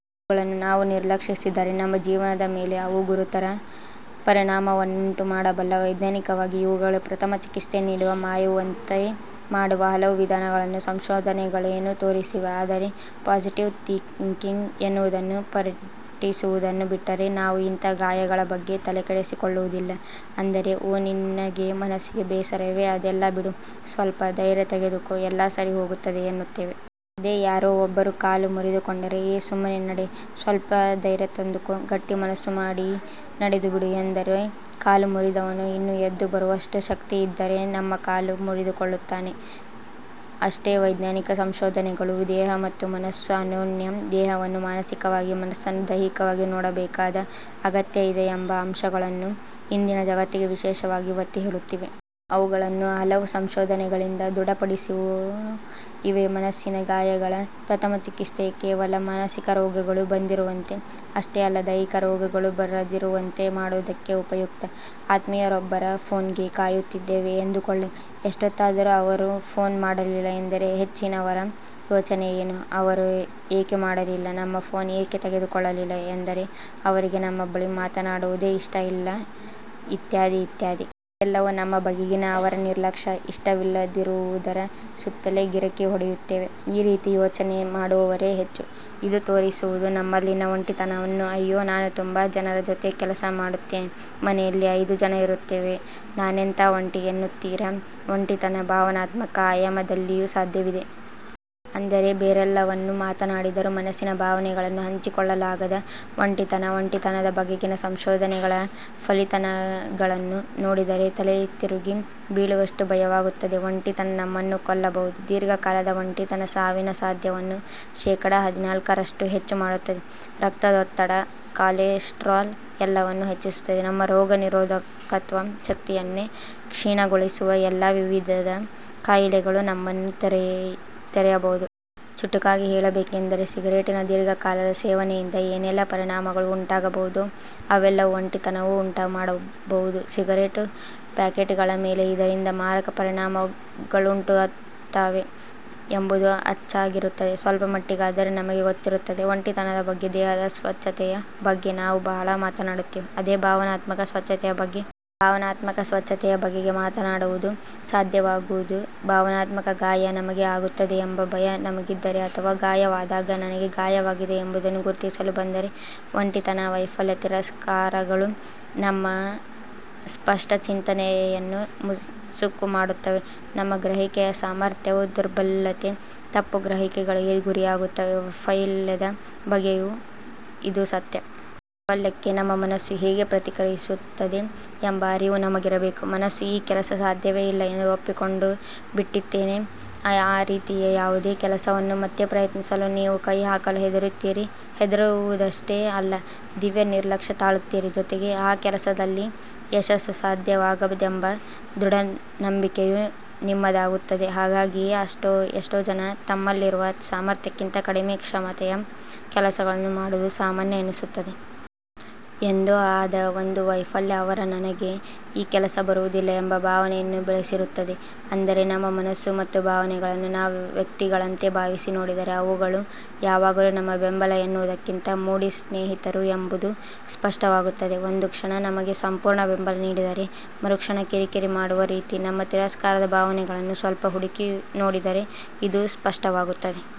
ಅವುಗಳನ್ನು ನಾವು ನಿರ್ಲಕ್ಷಿಸಿದರೆ ನಮ್ಮ ಜೀವನದ ಮೇಲೆ ಅವು ಗುರುತರ ಪರಿಣಾಮವನ್ನುಂಟುಮಾಡಬಲ್ಲವು. ವೈಜ್ಞಾನಿಕವಾಗಿ ಇವುಗಳಿಗೆ ಪ್ರಥಮ ಚಿಕಿತ್ಸೆ ನೀಡುವ, ಮಾಯುವಂತೆ ಮಾಡುವ ಹಲವು ವಿಧಾನಗಳನ್ನು ಸಂಶೋಧನೆಗಳೇನೋ ತೋರಿಸಿವೆ. ಆದರೆ 'ಪಾಸಿಟಿವ್ ಥಿಂಕಿಂಗ್' ಎನ್ನುವುದನ್ನು ಪಠಿಸುವುದನ್ನು ಬಿಟ್ಟರೆ, ನಾವು ಇಂತಹ ಗಾಯಗಳ ಬಗ್ಗೆ ತಲೆಕೆಡಿಸಿಕೊಳ್ಳುವುದಿಲ್ಲ. ಅಂದರೆ 'ಓ ನಿನಗೆ ಮನಸ್ಸಿಗೆ ಬೇಸರವೆ ಅದೆಲ್ಲಾ ಬಿಡು, ಸ್ವಲ್ಪ ಧೈರ್ಯ ತೆಗೆದುಕೋ, ಎಲ್ಲಾ ಸರಿ ಹೋಗುತ್ತದೆ' ಎನ್ನುತ್ತೇವೆ. ಅದೇ ಯಾರೋ ಒಬ್ಬರು ಕಾಲು ಮುರಿದುಕೊಂಡರೆ 'ಏ ಸುಮ್ಮನೇ ನಡೆ, ಸ್ವಲ್ಪ ಧೈರ್ಯ ತಂದುಕೋ, ಗಟ್ಟಿ ಮನಸ್ಸು ಮಾಡಿ ನಡೆದು ಬಿಡು' ಎಂದರೆ ಕಾಲು ಮುರಿದವನು ಇನ್ನೂ ಎದ್ದು ಬರುವಷ್ಟು ಶಕ್ತಿಯಿದ್ದರೆ ನಮ್ಮ ಕಾಲು ಮುರಿದುಕೊಳ್ಳುತ್ತಾನೆ, ಅಷ್ಟೆ. ವೈಜ್ಞಾನಿಕ ಸಂಶೋಧನೆಗಳು ದೇಹ ಮತ್ತು ಮನಸ್ಸು ಅನ್ಯೋನ್ಯ, ದೇಹವನ್ನು ಮಾನಸಿಕವಾಗಿ, ಮನಸ್ಸನ್ನು ದೈಹಿಕವಾಗಿ ನೋಡಬೇಕಾದ ಅಗತ್ಯ ಇದೆ ಎಂಬ ಅಂಶಗಳನ್ನು ಇಂದಿನ ಜಗತ್ತಿಗೆ ವಿಶೇಷವಾಗಿ ಒತ್ತಿ ಹೇಳುತ್ತಿವೆ. ಅವುಗಳನ್ನು ಹಲವು ಸಂಶೋಧನೆಗಳಿಂದ ದೃಢಪಡಿಸಿಯೂ ಇವೆ. ಮನಸ್ಸಿನ ಗಾಯಗಳ 'ಪ್ರಥಮ ಚಿಕಿತ್ಸೆ' ಕೇವಲ ಮಾನಸಿಕ ರೋಗಗಳು ಬರದಿರುವಂತೆ ಅಷ್ಟೇ ಅಲ್ಲ, ದೈಹಿಕ ರೋಗಗಳು ಬರದಿರುವಂತೆ ಮಾಡುವುದಕ್ಕೂ ಉಪಯುಕ್ತ. ಆತ್ಮೀಯರೊಬ್ಬರ ಫೋನ್ಗೆ ಕಾಯುತ್ತಿದ್ದೇವೆ, ಎಂದುಕೊಳ್ಳಿ, ಎಷ್ಟೊತ್ತಾದರೂ ಅವರು ಫೋನ್ ಮಾಡಲಿಲ್ಲ ಎಂದರೆ ಹೆಚ್ಚಿನವರ ಯೋಚನೆ ಏನು? ಅವರು ಏಕೆ ಮಾಡಲಿಲ್ಲ, ನಮ್ಮ ಫೋನ್ ಏಕೆ ತೆಗೆದುಕೊಳ್ಳಲಿಲ್ಲ, ಎಂದರೆ ಅವರಿಗೆ ನಮ್ಮ ಬಳಿ ಮಾತನಾಡುವುದೇ ಇಷ್ಟವಿಲ್ಲ ಇತ್ಯಾದಿ ಇತ್ಯಾದಿ. ಇವೆಲ್ಲವೂ ನಮ್ಮ ಬಗೆಗಿನ ಅವರ 'ನಿರ್ಲಕ್ಷ್ಯ', 'ಇಷ್ಟವಿಲ್ಲದಿರುವುದರ' ಸುತ್ತಲೇ ಗಿರಕಿ ಹೊಡೆಯುತ್ತವೆ. ಈ ರೀತಿ ಯೋಚನೆ ಮಾಡುವವರೇ ಹೆಚ್ಚು. ಇದು ತೋರಿಸುವುದು ನಮ್ಮಲ್ಲಿನ 'ಒಂಟಿತನ'ವನ್ನು. 'ಅಯ್ಯೋ ನಾನು ತುಂಬಾ ಜನರ ಜೊತೆ ಕೆಲಸ ಮಾಡುತ್ತೇನೆ, ಮನೆಯಲ್ಲಿ ಐದು ಜನ ಇರುತ್ತೇವೆ ನಾನೆಂಥ ಒಂಟಿ' ಎನ್ನುತ್ತೀರಾ 'ಒಂಟಿತನ' ಭಾವನಾತ್ಮಕ ಆಯಾಮದಲ್ಲಿಯೂ ಸಾಧ್ಯವಿದೆ. ಅಂದರೆ ಬೇರೆಲ್ಲವನ್ನೂ ಮಾತನಾಡಿದರೂ, ಮನಸ್ಸಿನ ಭಾವನೆಗಳನ್ನು ಹಂಚಿಕೊಳ್ಳಲಾಗದ 'ಒಂಟಿತನ'. 'ಒಂಟಿತನ'ದ ಬಗೆಗಿನ ಸಂಶೋಧನೆಗಳ ಫಲಿತಗಳನ್ನು ನೋಡಿದರೆ ತಲೆತಿರುಗಿ ಬೀಳುವಷ್ಟು ಭಯವಾಗುತ್ತದೆ ಒಂಟಿತನ ನಮ್ಮನ್ನು ಕೊಲ್ಲಬಹುದು. ದೀರ್ಘಕಾಲದ ಒಂಟಿತನ ಸಾವಿನ ಸಾಧ್ಯತೆಯನ್ನು ಶೇಖಡ ಹದಿನಾಲ್ಕರಷ್ಟು ಹೆಚ್ಚು ಮಾಡುತ್ತದೆ ರಕ್ತದೊತ್ತಡ, ಕೊಲೆಸ್ಟರಾಲ್ ಎಲ್ಲವನ್ನೂ ಹೆಚ್ಚಿಸುತ್ತದೆ. ನಮ್ಮ ರೋಗನಿರೋಧಕತ್ವ ಶಕ್ತಿಯನ್ನೇ ಕ್ಷೀಣಗೊಳಿಸಿ, ಎಲ್ಲಾ ವಿಧದ ಕಾಯಿಲೆಗಳಿಗೆ ನಮ್ಮನ್ನು ತೆರೆಯಬಹುದು. ಚುಟುಕಾಗಿ ಹೇಳಬೇಕೆಂದರೆ ಸಿಗರೇಟಿನ ದೀರ್ಘ ಕಾಲದ ಸೇವನೆಯಿಂದ ಏನೆಲ್ಲ ಪರಿಣಾಮಗಳು ಉಂಟಾಗಬಹುದೋ ಅವೆಲ್ಲವನ್ನೂ 'ಒಂಟಿತನ'ವೂ ಉಂಟುಮಾಡಬಹುದು. ಸಿಗರೇಟು ಪ್ಯಾಕೆಟ್ಗಳ ಮೇಲೆ 'ಇದರಿಂದ ಮಾರಕ ಪರಿಣಾಮಗಳುಂಟಾಗುತ್ತವೆ' ಎಂಬುದು ಅಚ್ಚಾಗಿರುತ್ತದೆ. ಸ್ವಲ್ಪ ಮಟ್ಟಿಗಾದರೂ ನಮಗೆ ಗೊತ್ತಿರುತ್ತದೆ. 'ಒಂಟಿತನ'ದ ಬಗ್ಗೆ ದೇಹದ ಸ್ವಚ್ಛತೆಯ ಬಗ್ಗೆ ನಾವು ಬಹಳ ಮಾತನಾಡುತ್ತೇವೆ. ಅದೇ ಭಾವನಾತ್ಮಕ ಸ್ವಚ್ಛತೆಯ ಬಗ್ಗೆ? ಭಾವನಾತ್ಮಕ ಸ್ವಚ್ಛತೆಯ ಬಗೆಗೆ ಮಾತನಾಡುವುದು ಸಾಧ್ಯವಾಗುವುದು ಭಾವನಾತ್ಮಕ 'ಗಾಯ' ನಮಗೆ ಆಗುತ್ತದೆ ಎಂಬ 'ಭಯ' ನಮಗಿದ್ದರೆ, ಅಥವಾ ಗಾಯವಾದಾಗ 'ನನಗೆ ಗಾಯವಾಗಿದೆ' ಎಂಬುದನ್ನು ಗುರುತಿಸಲು ಬಂದರೆ. ಒಂಟಿತನ, ವೈಫಲ್ಯ, ತಿರಸ್ಕಾರಗಳು ನಮ್ಮ ಸ್ಪಷ್ಟ ಚಿಂತನೆಯನ್ನು ಮಸುಕು ಮಾಡುತ್ತವೆ. ನಮ್ಮ ಗ್ರಹಿಕೆಯ ಸಾಮರ್ಥ್ಯವೂ ದುರ್ಬಲತೆ-ತಪ್ಪುಗ್ರಹಿಕೆಗಳಿಗೆ ಗುರಿಯಾಗುತ್ತವೆ. ವೈಫಲ್ಯದ ಬಗ್ಗೆಯೂ ಇದು ಸತ್ಯ. ವೈಫಲ್ಯಕ್ಕೆ ನಮ್ಮ ಮನಸ್ಸು ಹೇಗೆ ಪ್ರತಿಕ್ರಿಯಿಸುತ್ತದೆ ಎಂಬ ಅರಿವು ನಮಗಿರಬೇಕು. ಮನಸ್ಸು 'ಈ ಕೆಲಸ ಸಾಧ್ಯವೇ ಇಲ್ಲ' ಎಂದು ಒಪ್ಪಿಕೊಂಡು ಬಿಟ್ಟಿತೆನ್ನಿ. ಆ ರೀತಿಯ ಯಾವುದೇ ಕೆಲಸವನ್ನು ಮತ್ತೆ ಪ್ರಯತ್ನಿಸಲೂ ನೀವು ಕೈಹಾಕಲು ಹೆದರುತ್ತೀರಿ. ಹೆದರುವುದಷ್ಟೇ ಅಲ್ಲ, ದಿವ್ಯ ನಿರ್ಲಕ್ಷ್ಯ ತಾಳುತ್ತೀರಿ! ಜೊತೆಗೇ ಆ ಕೆಲಸದಲ್ಲಿ ಯಶಸ್ಸು ಸಾಧ್ಯವಾಗದೆಂಬ ದೃಢ ನಂಬಿಕೆಯೂ ನಿಮ್ಮದಾಗುತ್ತದೆ ಹಾಗಾಗಿಯೇ ಎಷ್ಟೋ ಜನ ತಮ್ಮಲ್ಲಿರುವ ಸಾಮರ್ಥ್ಯಕ್ಕಿಂತ ಕಡಿಮೆ ಕ್ಷಮತೆಯ ಕೆಲಸಗಳನ್ನು ಮಾಡುವುದು ಸಾಮಾನ್ಯ ಎನಿಸುತ್ತದೆ. ಎಂದೋ ಆದ ಒಂದು ವೈಫಲ್ಯ ಅವರ 'ನನಗೆ ಈ ಕೆಲಸ ಬರುವುದಿಲ್ಲ' ಎಂಬ ಭಾವನೆಯನ್ನು ಬೆಳೆಸಿರುತ್ತದೆ. ಅಂದರೆ ನಮ್ಮ ಮನಸ್ಸು ಮತ್ತು ಭಾವನೆಗಳನ್ನು ನಾವು 'ವ್ಯಕ್ತಿ'ಗಳಂತೆ ಭಾವಿಸಿ ನೋಡಿದರೆ ಅವುಗಳು ಯಾವಾಗಲೂ ನಮ್ಮ 'ಬೆಂಬಲ' ಎನ್ನುವುದಕ್ಕಿಂತ 'ಮೂಡಿ' ಸ್ನೇಹಿತರು ಎಂಬುದು ಸ್ಪಷ್ಟವಾಗುತ್ತದೆ. ಒಂದು ಕ್ಷಣ ನಮಗೆ ಸಂಪೂರ್ಣ ಬೆಂಬಲ ನೀಡಿದರೆ, ಮರುಕ್ಷಣ ಕಿರಿಕಿರಿ ಮಾಡುವ ರೀತಿ. ನಮ್ಮ 'ತಿರಸ್ಕಾರ'ದ ಭಾವನೆಗಳನ್ನು ಸ್ವಲ್ಪ ಹುಡುಕಿ ನೋಡಿದರೆ ಇದು ಸ್ಪಷ್ಟವಾಗುತ್ತದೆ.